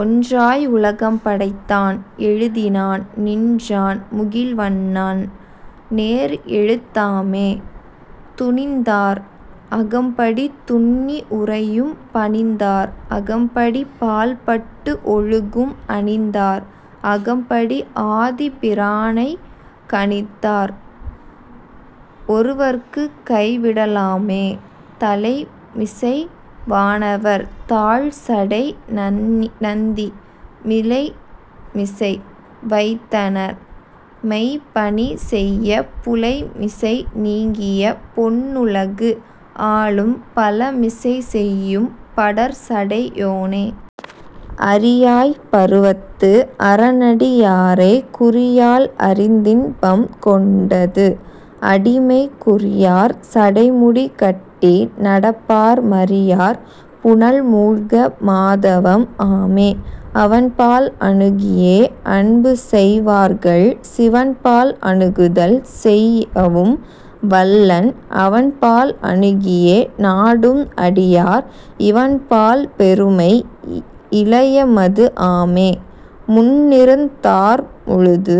ஒன்றாய் உலகம் படைத்தான் எழுதினான் நின்றான் முகில்வண்ணன் நேர்எழுத் தாமே. துணிந்தார் அகம்படி துன்னி உறையும் பணிந்தார் அகம்படி பால்பட்டு ஒழுகும் அணிந்தார் அகம்படி ஆதிப் பிரானைக் கணிந்தார் ஒருவர்க்கு கைவிடலாமே. தலைமிசை வானவர் தாழ்சடை நந்தி மிலைமிசை வைத்தனன் மெய்ப்பணி செய்யப் புலைமிசை நீங்கிய பொன்னுலகு ஆளும் பலமிசை செய்யும் படர்சடை யோனே. அறியாப் பருவத்து அரன்அடி யாரைக் குறியால் அறிந்தின்பம் கொண்டது அடிமை குறியார் சடைமுடி கட்டி நடப்பார் மறியார் புனல்மூழ்க மாதவம் ஆமே. அவன்பால் அணுகியே அன்புசெய் வார்கள் சிவன்பால் அணுகுதல் செய்யவும் வல்லன் அவன்பால் அணுகியே நாடும் அடியார் இவன்பால் பெருமை இலயமது ஆமே. முன்னிருந் தார்முழுது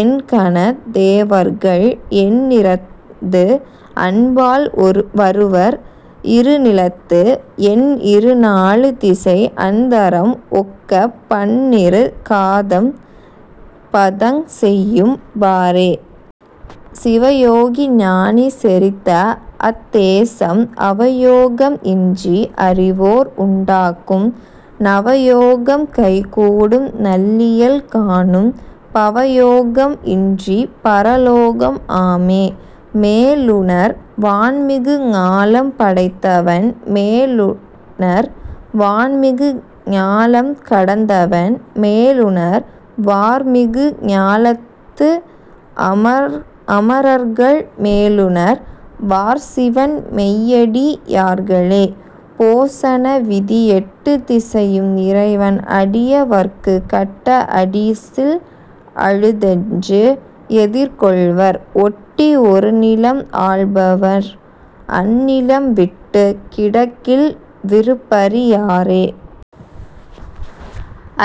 எண்கணத் தேவர்கள் எண்ணிறந்து அன்பால் வருவர் இருநிலத்து எண்இரு நாலு திசைஅந் தரம் ஒக்கப் பன்னிரு காதம் பதஞ்செய்யும் பாரே. சிவயோகி ஞானி செறிந்தஅத் தேசம் அவயோகம் இன்றி அறிவோர் உண்டாகும் நவயோகம் கைகூடும் நல்லியல் காணும் பவயோகம் இன்றிப் பரலோகம் ஆமே. மேலுணர் வான்மிகு ஞாலம் படைத்தவன் மேலுணர் வான்மிகு ஞாலம் கடந்தவன் மேலுணர் வார்மிகு ஞாலத்து அமரர்கள் மேலுணுர் வார்சிவன் மெய்யடி யார்களே.. போசன விதி எட்டுத் திசையும் இறைவன் அடியவர்க்கு கட்ட அடிசில் அழுதென்று எதிர்கொள்வர் ஒட்டி ஒருநிலம் ஆள்பவர் அந்நிலம் விட்டுக் கிடக்கில் விருப்பறி யாரே.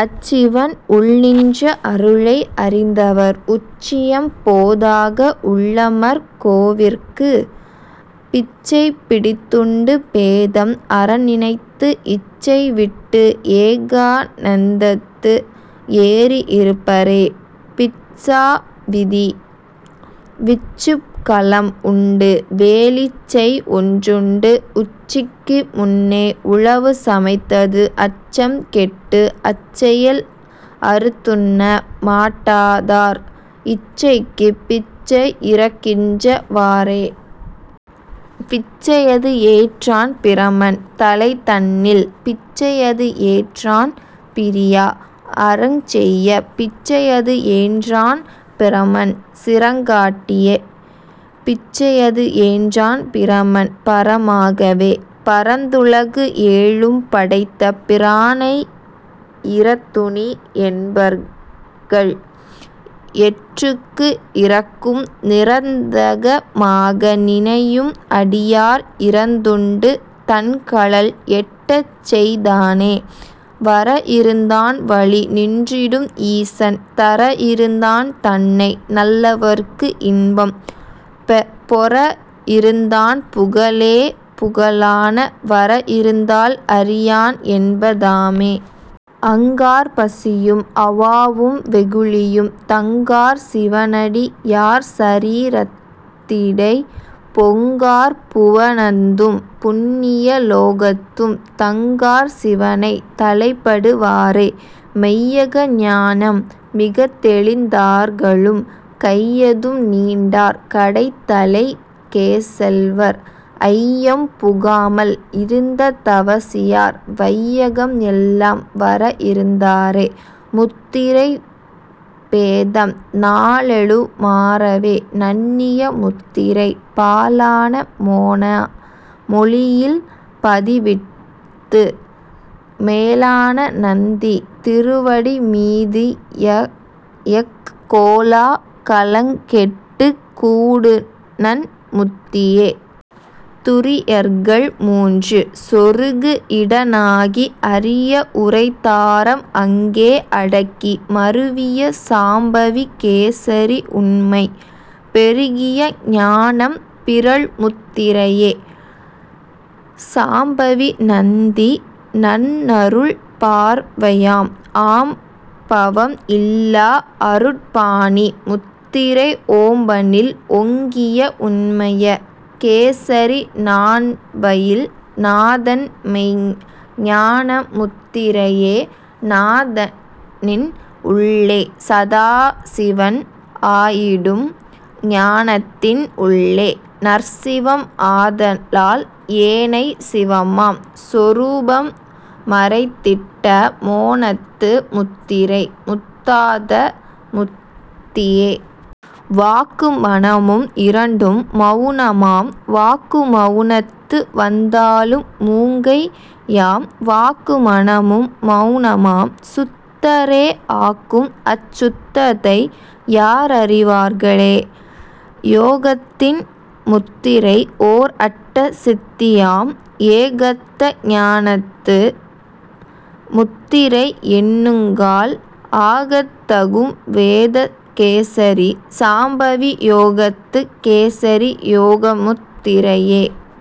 அச்சிவன் உள்நின்ற அருளை அறிந்தவர் உச்சியம் போதாக உள்ளமர் கோவிற்குப் பிச்சை பிடித்துண்டு பேதம் அறநினைந்து இச்சைவிட்டு ஏகாந்தத்து ஏறி இருப்பரே.. பிட்சா விதி விச்சுக் கலம் உண்டு வேலிச்செய் ஒன்றுண்டு உச்சிக்கு முன்னே உழவு சமைந்தது அச்சம்கெட்டு அச்செயல் அறுத்துண்ண மாட்டாதார் இச்சைக்குப் பிச்சை இரக்கின்ற வாறே. பிச்சையது ஏற்றான் பிரமன் தலைதன்னில் பிச்சையது ஏற்றான் பிரியா அறஞ்செய்யப் பிச்சையது ஏற்றான் பிரமன் சிரங்காட்டிப் பிச்சையது ஏற்றான் பிரமன் பரமாகவே. பரந்துலகு ஏழும் படைத்த பிரானை இரந்துணி என்பர்கள் எற்றுக்கு இரக்கும் நிரந்தக மாக நினையும் அடியார் இரந்துண்டு தன்கழல் எட்டச்செய் தானே. வரஇருந் தான்வழி நின்றிடும் ஈசன் தரஇருந் தான்தன்னை நல்லவர்க்கு இன்பம் பொரஇருந் தான்புக லேபுக லாக வரஇருந் தால்அறி யான்என்ப தாமே. அங்கார் பசியும் அவாவும் வெகுளியும் தங்கார் சிவனடி யார்சரீரத்திடைப் பொங்கார் புவனத்தும் புண்ணிய லோகத்தும் தங்கார் சிவனைத் தலைப்படு வாரே. மெய்யக ஞானம் மிகத்தெளிந் தார்களும் கையதும் நீண்டார் கடைத்தலைக் கேசெல்வர் ஐயம் புகாமல் இருந்த தவசியார் வையகம் எல்லாம் வரஇருந்தாரே.. முத்திரை பேதம் நாலேழு மாறவே நண்ணிய முத்திரை பாலான மோன மொழியில் பதிவித்து மேலான நந்தி திருவடி மீதுய்யக் கோலா கலங்கெட்டுக் கூடுநன் முத்தியே. துரியங்கள் மூன்று சொருகுஇட னாகி அரிய உரைத்தாரம் அங்கே அடக்கி மருவிய சாம்பவி கேசரி உண்மை பெருகிய ஞானம் பிறழ்முத் திரையே. சாம்பவி நந்தி தன்னருள் பார்வையாம் ஆம்பவம் இல்லா அருட்பாணி முத்திரை ஓம்பயில் ஒங்கிய உண்மைய கேசரி நாம்பயில் நாதன்மெய்ஞ் ஞானமுத் திரையே. தானத்தின் உள்ளே சதாசிவன் ஆயிடும் ஞானத்தின் உள்ளே நற்சிவம் ஆதலால் ஏனைச் சிவமாம் சொரூபம் மறைந்திட்ட மோனத்து முத்திரை முத்தாந்த முத்தியே. வாக்கு மனமும் இரண்டும் மவுனமாம் வாக்கு மவுனத்து வந்தாலும் மூங்கையாம் வாக்கு மனமும் மவுனமாம் சுத்தரே ஆக்கும் அச் சுத்த்ததை யார்அறி வார்களே. யோகத்தின் முத்திரை ஓர்அட்ட சித்தியாம் ஏகத்த ஞானத்து முத்திரை எண்ணுங்கால் ஆகத் தகும்வேத கேசரி சாம்பவி யோகத்துக் கேசரி யோகமுத் திரையே.